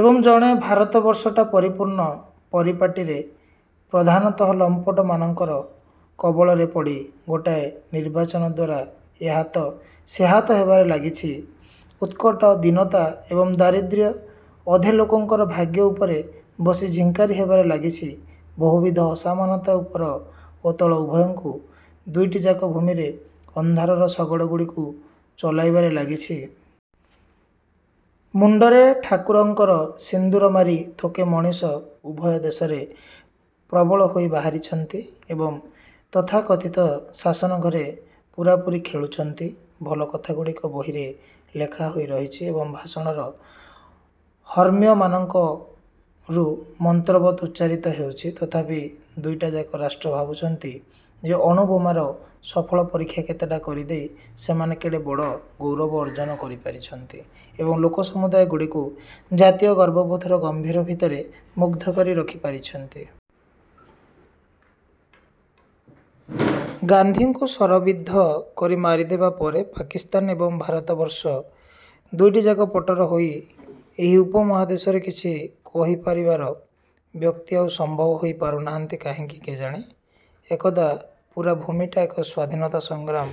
ଏବଂ ଏଣେ ଭାରତବର୍ଷଟା ପରିପୂର୍ଣ୍ଣ ପରିପାଟୀରେ ପ୍ରଧାନତଃ ଲମ୍ପଟ ମାନଙ୍କର କବଳରେ ପଡ଼ି ଗୋଟାଏ ନିର୍ବାଚନ ଦ୍ଵାରା ଏ ହାତ ସେ ହାତ ହେବାରେ ଲାଗିଛି। ଉତ୍କଟ ଦୀନତା ଏବଂ ଦାରିଦ୍ର୍ୟ ଅଧେ ଲୋକଙ୍କର ଭାଗ୍ୟ ଉପରେ ବସି ଖିଙ୍କାରି ହେବାରେ ଲାଗିଛି। ବହୁବିଧ ଅସମାନତା ଉପର ଓ ତଳ ଉଭୟଙ୍କୁ ଦୁଇଟିଯାକ ଭୂମିରେ ଅନ୍ଧାରର ଶଗଡ଼ଗୁଡ଼ିକୁ ଚଲାଇବାରେ ଲାଗିଛି। ମୁଣ୍ଡରେ ଠାକୁରଙ୍କର ସିନ୍ଦୁର ମାରି ଥୋକେ ମଣିଷ ଉଭୟ ଦେଶରେ ପ୍ରବଳ ହୋଇ ବାହାରିଛନ୍ତି ଏବଂ ତଥାକଥିତ ଶାସନଘରେ ପୂରାପୂରି ଖେଳୁଛନ୍ତି। ଭଲ କଥାଗୁଡ଼ିକ ବହିରେ ଲେଖାହୋଇ ରହିଛି ଏବଂ ଭାଷଣର ହର୍ମ୍ୟମାନଙ୍କରୁ ମନ୍ତ୍ରବତ୍ ଉଚ୍ଚାରିତ ହେଉଛି। ତଥାପି ଦୁଇଟାଯାକ ରାଷ୍ଟ୍ର ଭାବୁଛନ୍ତି ଯେ ଅଣୁ ବୋମାର ସଫଳ ପରୀକ୍ଷା କେତେଟା କରିଦେଇ ସେମାନେ କେଡ଼େ ବଡ଼ ଗୌରବ ଅର୍ଜନ କରିପାରିଛନ୍ତି ଏବଂ ଲୋକସମୁଦାୟ ଗୁଡ଼ିକୁ ଜାତୀୟ ଗର୍ବବୋଧର ଗମ୍ଭୀରି ଭିତରେ ମୁଗ୍ଧ କରି ରଖିପାରିଛନ୍ତି। ଗାନ୍ଧୀଙ୍କୁ ଶରବିଦ୍ଧ କରି ମାରିଦେବା ପରେ ପାକିସ୍ତାନ ଏବଂ ଭାରତବର୍ଷ ଦୁଇଟିଯାକ ପଟର ହୋଇ ଏହି ଉପମହାଦେଶରେ କିଛି କହିପାରିବାର ବ୍ୟକ୍ତି ଆଉ ସମ୍ଭବ ହୋଇ ପାରୁନାହାନ୍ତି କାହିଁକି କେଜାଣି? ଏକଦା ପୂରା ଭୂମିଟା ଏକ ସ୍ୱାଧୀନତା ସଂଗ୍ରାମ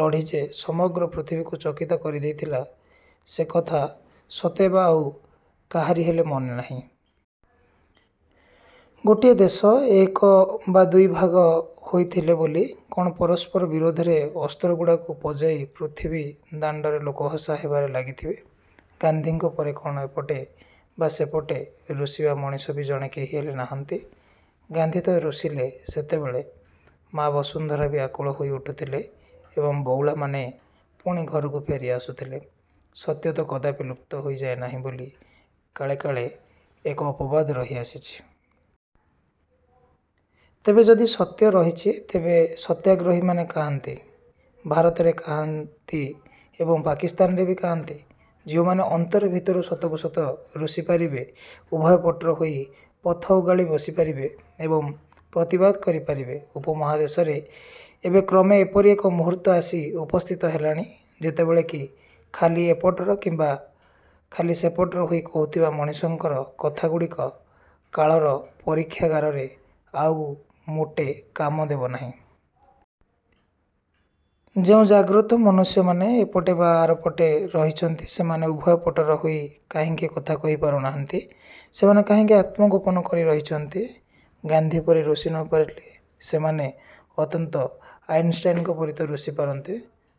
ଲଢ଼ି ଯେ ସମଗ୍ର ପୃଥିବୀକୁ ଚକିତ କରିଦେଇଥିଲା, ସେକଥା ସତେଅବା ଆଉ କାହାରି ହେଲେ ମନେନାହିଁ। ଗୋଟିଏ ଦେଶ ଏକ ବା ଦୁଇ ଭାଗ ହୋଇଥିଲେ ବୋଲି କଣ ପରସ୍ପର ବିରୋଧରେ ଅସ୍ତ୍ରଗୁଡ଼ାକୁ ପଜାଇ ପୃଥିବୀଦାଣ୍ଡରେ ଲୋକହସା ହେବାରେ ଲାଗିଥିବେ? ଗାନ୍ଧୀଙ୍କ ପରେ କଣ ଏପଟେ ବା ସେପଟେ ରୁଷିବା ମଣିଷ ବି ଜଣେ କେହିହେଲେ ନାହାନ୍ତି? ଗାନ୍ଧୀ ତ ରୁଷିଲେ ସେତେବେଳେ ମାଆ ବସୁନ୍ଧରାବି ଆକୁଳ ହୋଇ ଉଠୁଥିଲେ ଏବଂ ବାଉଳାମାନେ ପୁଣି ଘରକୁ ଫେରି ଆସୁଥିଲେ, ସତ୍ୟ ତ କଦାପି ଲୁପ୍ତ ହୋଇଯାଏ ନାହିଁ ବୋଲି କାଳେ କାଳେ ଏକ ଅପବାଦ ରହିଆସିଛି। ତେବେ ଯଦି ସତ୍ୟ ରହିଛି, ତେବେ ସତ୍ୟାଗ୍ରହୀମାନେ କାହାନ୍ତି? ଭାରତରେ କାହାନ୍ତି ଏବଂ ପାକିସ୍ତାନରେ ବି କାହାନ୍ତି? ଯୋଉମାନେ ଅନ୍ତର ଭିତରୁ ସତକୁ ସତ ରୁଷିପାରିବେ, ଉଭୟ ପଟର ହୋଇ ପଥ ଓଗାଳି ବସିପାରିବେ ଏବଂ ପ୍ରତିବାଦ କରିପାରିବେ? ଉପମହାଦେଶରେ ଏବେ କ୍ରମେ ଏପରି ଏକ ମୁହୂର୍ତ୍ତ ଆସି ଉପସ୍ଥିତ ହେଲାଣି, ଯେତେବେଳେ କି ଖାଲି ଏପଟର କିମ୍ବା ଖାଲି ସେପଟର ହୋଇ କହୁଥିବା ମଣିଷଙ୍କର କଥାଗୁଡ଼ାକ କାଳର ପରୀକ୍ଷାଗାରରେ ଆଉ ମୋଟେ କାମ ଦେବନାହିଁ। ଯେଉଁ ଜାଗ୍ରତ ମନୁଷ୍ୟମାନେ ଏପଟେ ବା ଆରପଟେ ରହିଛନ୍ତି, ସେମାନେ ଉଭୟ ପଟର ହୋଇ କାହିଁକି କଥା କହିପାରୁ ନାହାନ୍ତି? ସେମାନେ କାହିଁକି ଆତ୍ମଗୋପନ କରି ରହିଛନ୍ତି? ଗାନ୍ଧୀପରି ରୁଷି ନପାରିଲେ ସେମାନେ ଅନ୍ତତଃ ଆଇନଷ୍ଟାଇଙ୍କ ପରି ତ ରୁଷି ପାରନ୍ତେ।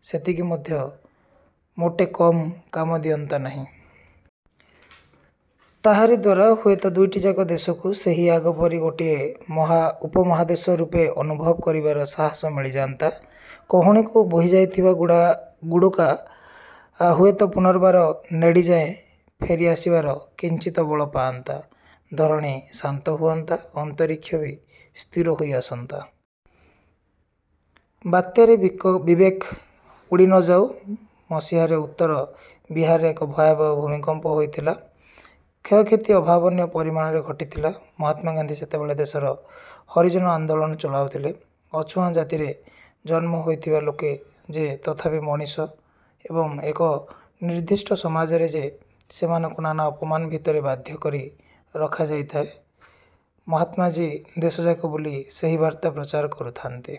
ସେତିକି ମଧ୍ୟ ମୋଟେ କମ୍ କାମ ଦିଅନ୍ତା ନାହିଁ। ତାହାରି ଦ୍ୱାରା ହୁଏତ ଦୁଇଟିଯାକ ଦେଶକୁ ସେହି ଆଗପରି ଗୋଟିଏ ଉପମହାଦେଶ ରୂପେ ଅନୁଭବ କରିବାର ସାହସ ମିଳିଯାଆନ୍ତା। କହୁଣୀକୁ ବୋହିଯାଇଥିବା ଗୁଡ଼ଟା ହୁଏତ ପୁନର୍ବାର ନେଡ଼ିଯାଏ ଫେରି ଆସିବାର କିଞ୍ଚିତ ବଳ ପାଆନ୍ତା, ଧରଣୀ ଶାନ୍ତ ହୁଅନ୍ତା। ଅନ୍ତରୀକ୍ଷ ବି ସ୍ଥିର ହୋଇ ଆସନ୍ତା। ବାତ୍ୟାରେ ବିବେକ ଉଡ଼ିନଯାଉ ମସିହାରେ ଉତ୍ତର ବିହାରରେ ଏକ ଭୟାବହ ଭୂମିକମ୍ପ ହୋଇଥିଲା, କ୍ଷୟକ୍ଷତି ଅଭାବନୀୟ ପରିମାଣରେ ଘଟିଥିଲା। ମହାତ୍ମା ଗାନ୍ଧୀ ସେତେବେଳେ ଦେଶରେ ହରିଜନ ଆନ୍ଦୋଳନ ଚଳାଉଥିଲେ। ଅଛୁଆଁ ଜାତିରେ ଜନ୍ମ ହୋଇଥିବା ଲୋକେ ଯେ ତଥାପି ମଣିଷ ଏବଂ ଏକ ନିର୍ଦ୍ଦିଷ୍ଟ ସମାଜରେ ଯେ ସେମାନଙ୍କୁ ନାନା ଅପମାନ ଭିତରେ ବାଧ୍ୟ କରି ରଖାଯାଇଥାଏ, ମହାତ୍ମାଜୀ ଦେଶଯାକ ବୁଲି ସେହି ବାର୍ତ୍ତା ପ୍ରଚାର କରୁଥାନ୍ତି।